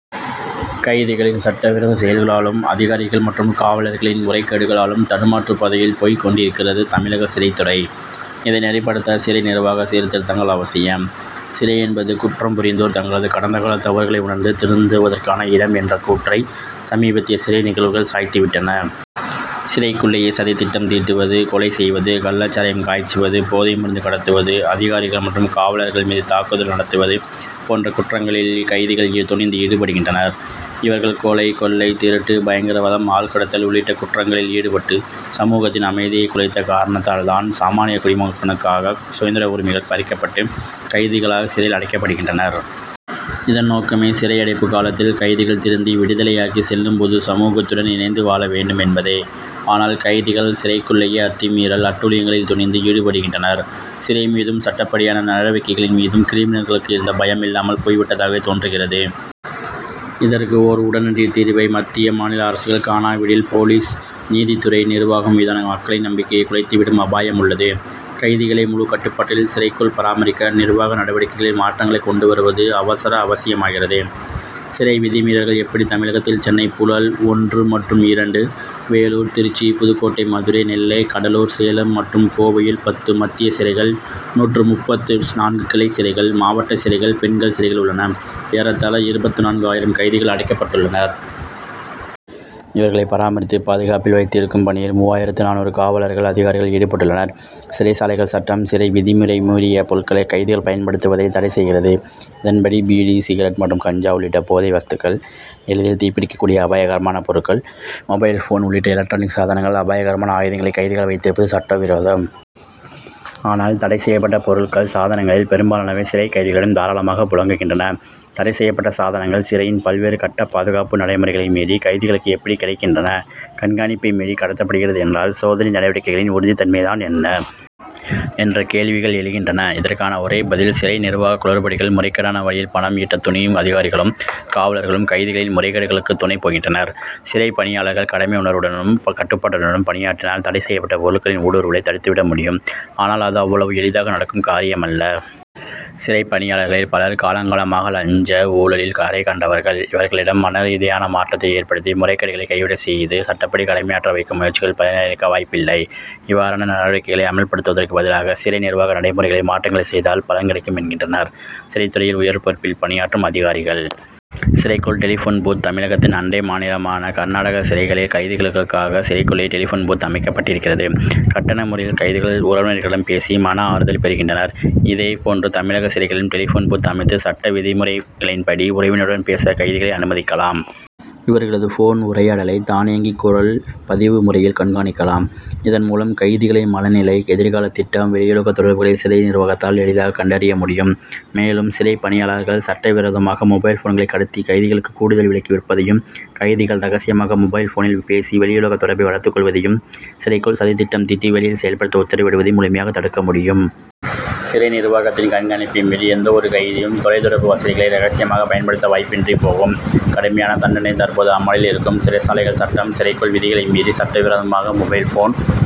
கைதிகளின் சட்டவிரோத செயல்களாலும், அதிகாரிகள் மற்றும் காவலர்களின் முறைகேடுகளாலும் தடுமாற்றப்பாதையில் போய்க் கொண்டிருக்கிறது, தமிழக சிறைத்துறை. இதை நெறிப்படுத்த, சிறை நிர்வாக சீர்திருத்தங்கள் அவசியம். சிறை என்பது, குற்றம்புரிந்தோர் தங்களது கடந்த கால தவறுகளை உணர்ந்து திருந்துவதற்கான இடம்' என்ற கூற்றை, சமீபத்திய சிறை நிகழ்வுகள் சாய்த்துவிட்டன. சிறைக்குள்ளேயே சதி திட்டம் தீட்டுவது, கொலை செய்வது, கள்ளச்சாராயம் காய்ச்சுவது, போதை மருந்து கடத்துவது, அதிகாரிகள் மற்றும் காவலர்கள் மீது தாக்குதல் நடத்துவது போன்ற குற்றங்களில் கைதிகள் துணிந்து ஈடுபடுகின்றனர். இவர்கள் கொலை, கொள்ளை, திருட்டு, பயங்கரவாதம், ஆள் கடத்தல் உள்ளிட்ட குற்றங்களில் ஈடுபட்டு சமூகத்தின் அமைதியை குலைத்த காரணத்தால்தான், சாமானிய குடிமகனுக்கான சுதந்திர உரிமைகள் பறிக்கப்பட்டு, கைதிகளாக சிறையில் அடைக்கப்படுகின்றனர். இதன் நோக்கமே, சிறை அடைப்பு காலத்தில் கைதிகள் திருந்தி, விடுதலையாகி செல்லும் போது சமூகத்துடன் இணைந்து வாழ வேண்டும் என்பதே. ஆனால், கைதிகள் சிறைக்குள்ளேயே அத்துமீறல், அட்டூழியங்களில் துணிந்து ஈடுபடுகின்றனர். சிறை மீதும், சட்டப்படியான நடவடிக்கைகளின் மீதும் கிரிமினல்களுக்கு இருந்த பயம் இல்லாமல் போய்விட்டதாகவே தோன்றுகிறது. இதற்கு ஓர் உடனடி தீர்வை மத்திய, மாநில அரசுகள் காணாவிடில் போலீஸ், நீதித்துறை, நிர்வாகம் மீதான மக்களின் நம்பிக்கையை குலைத்துவிடும் அபாயமுள்ளது. கைதிகளை முழு கட்டுப்பாட்டில் சிறைக்குள் பராமரிக்க, நிர்வாக நடவடிக்கைகளில் மாற்றங்களை கொண்டுவருவது அவசர அவசியமாகிறது. சிறை விதிமீறல்கள் எப்படி தமிழகத்தில் சென்னை புழல் ஒன்று மற்றும் இரண்டு, வேலூர், திருச்சி, புதுக்கோட்டை, மதுரை, நெல்லை, கடலூர், சேலம் மற்றும் கோவையில் பத்து மத்திய சிறைகள், நூற்று முப்பத்து நான்கு கிளைச்சிறைகள், மாவட்டச்சிறைகள், பெண்கள் சிறைகள் உள்ளன, ஏறத்தாழ இருபத்து நான்கு ஆயிரம் கைதிகள் அடைக்கப்பட்டுள்ளனர். இவர்களை பராமரித்து, பாதுகாப்பில் வைத்திருக்கும் பணியில் மூவாயிரத்து நானூறு காவலர்கள், அதிகாரிகள் ஈடுபட்டுள்ளனர். சிறைச்சாலைகள் சட்டம், சிறைவிதிமுறை மீறிய பொருட்களை கைதிகள் பயன்படுத்துவதை தடை செய்கிறது. இதன்படி பீடி, சிகரெட் மற்றும் கஞ்சா உள்ளிட்ட போதை வஸ்துகள், எளிதில் தீப்பிடிக்கக்கூடிய அபாயகரமான பொருட்கள், மொபைல் போன் உள்ளிட்ட எலக்ட்ரானிக் சாதனங்கள், அபாயகரமான ஆயுதங்களை கைதிகள் வைத்திருப்பது சட்டவிரோதம். ஆனால், தடை செய்யப்பட்ட பொருட்கள், சாதனங்களில் பெரும்பாலானவை சிறை கைதிகளிடம் தாராளமாக புழங்குகின்றன. தடை செய்யப் பட்ட சாதனங்கள், சிறையின் பல்வேறு கட்ட பாதுகாப்பு நடைமுறைகளை மீறி கைதிகளுக்கு எப்படி கிடைக்கின்றன? கண்காணிப்பை மீறி கடத்தப்படுகிறது என்றால், சோதனை நடவடிக்கைகளின் உறுதி தன்மை தான் என்ன? என்ற கேள்விகள் எழுகின்றன. இதற்கான ஒரே பதில், சிறை நிர்வாக குளறுபடிகள். முறைகேடான வழியில் பணம் ஈட்ட துணியும்அதிகாரிகளும், காவலர்களும் கைதிகளின் முறைகேடுகளுக்கு துணை போகின்றனர். சிறை பணியாளர்கள் கடமை உணர்வுடனும், கட்டுப்பாட்டுடனும் பணியாற்றினால், தடை செய்யப்பட்ட பொருட்களின் ஊடுருவலை தடுத்துவிட முடியும், ஆனால், அது அவ்வளவு எளிதாக நடக்கும் காரியமல்ல. சிறை பணியாளர்களில் பலர் காலங்காலமாக லஞ்ச, ஊழலில் கரைகண்டவர்கள். இவர்களிடம் மன ரீதியான மாற்றத்தை ஏற்படுத்தி, முறைகேடுகளை கைவிடச் செய்து, சட்டப்படி கடமையாற்ற வைக்கும் முயற்சிகள் பலனளிக்க வாய்ப்பில்லை. இவ்வாறான நடவடிக்கைகளை அமல்படுத்துவதற்கு பதிலாக, சிறை நிர்வாக நடைமுறைகளில் மாற்றங்களை செய்தால் பலன் கிடைக்கும் என்கின்றனர், சிறைத்துறையில் உயர்பொறுப்பில் பணியாற்றும் அதிகாரிகள். சிறைக்குள் டெலிபோன் பூத் தமிழகத்தின் அண்டை மாநிலமான கர்நாடக சிறைகளில் கைதிகளுக்காக சிறைக்குள்ளேயே டெலிபோன் பூத்' அமைக்கப்பட்டிருக்கிறது. கட்டண முறையில் கைதிகள் உறவினர்களிடம் பேசி, மன ஆறுதல் பெறுகின்றனர். இதே போன்று, தமிழக சிறைகளிலும் டெலிபோன் பூத்' அமைத்து, சட்ட விதிமுறைகளின்படி உறவினருடன் பேச கைதிகளை அனுமதிக்கலாம். இவர்களது போன் உரையாடலை, தானியங்கி குரல் பதிவு முறையில் கண்காணிக்கலாம். இதன் மூலம், கைதிகளின் மனநிலை, எதிர்கால திட்டம், வெளியுலக தொடர்புகளை சிறை நிர்வாகத்தால் எளிதாக கண்டறிய முடியும். மேலும், சிறை பணியாளர்கள் சட்டவிரோதமாக மொபைல் போன்களை கடத்தி கைதிகளுக்கு கூடுதல் விலைக்கு விற்பதையும், கைதிகள் ரகசியமாக மொபைல் போனில் பேசி வெளியுலக தொடர்பை வளர்த்துக் கொள்வதையும், சிறைக்குள் சதித்திட்டம் தீட்டி வெளியில் செயல்படுத்த உத்தரவிடுவதையும், முழுமையாக தடுக்க முடியும். சிறை நிர்வாகத்தின் கண்காணிப்பை மீறி, எந்தவொரு கைதியும் தொலைதொடர்பு வசதிகளை ரகசியமாக பயன்படுத்த வாய்ப்பின்றி போகும். கடுமையான தண்டனை தற்போது அமலில் இருக்கும் சிறைச்சாலைகள் சட்டம்', சிறைக்குள் விதிகளை மீறி சட்டவிரோதமாக மொபைல் போன்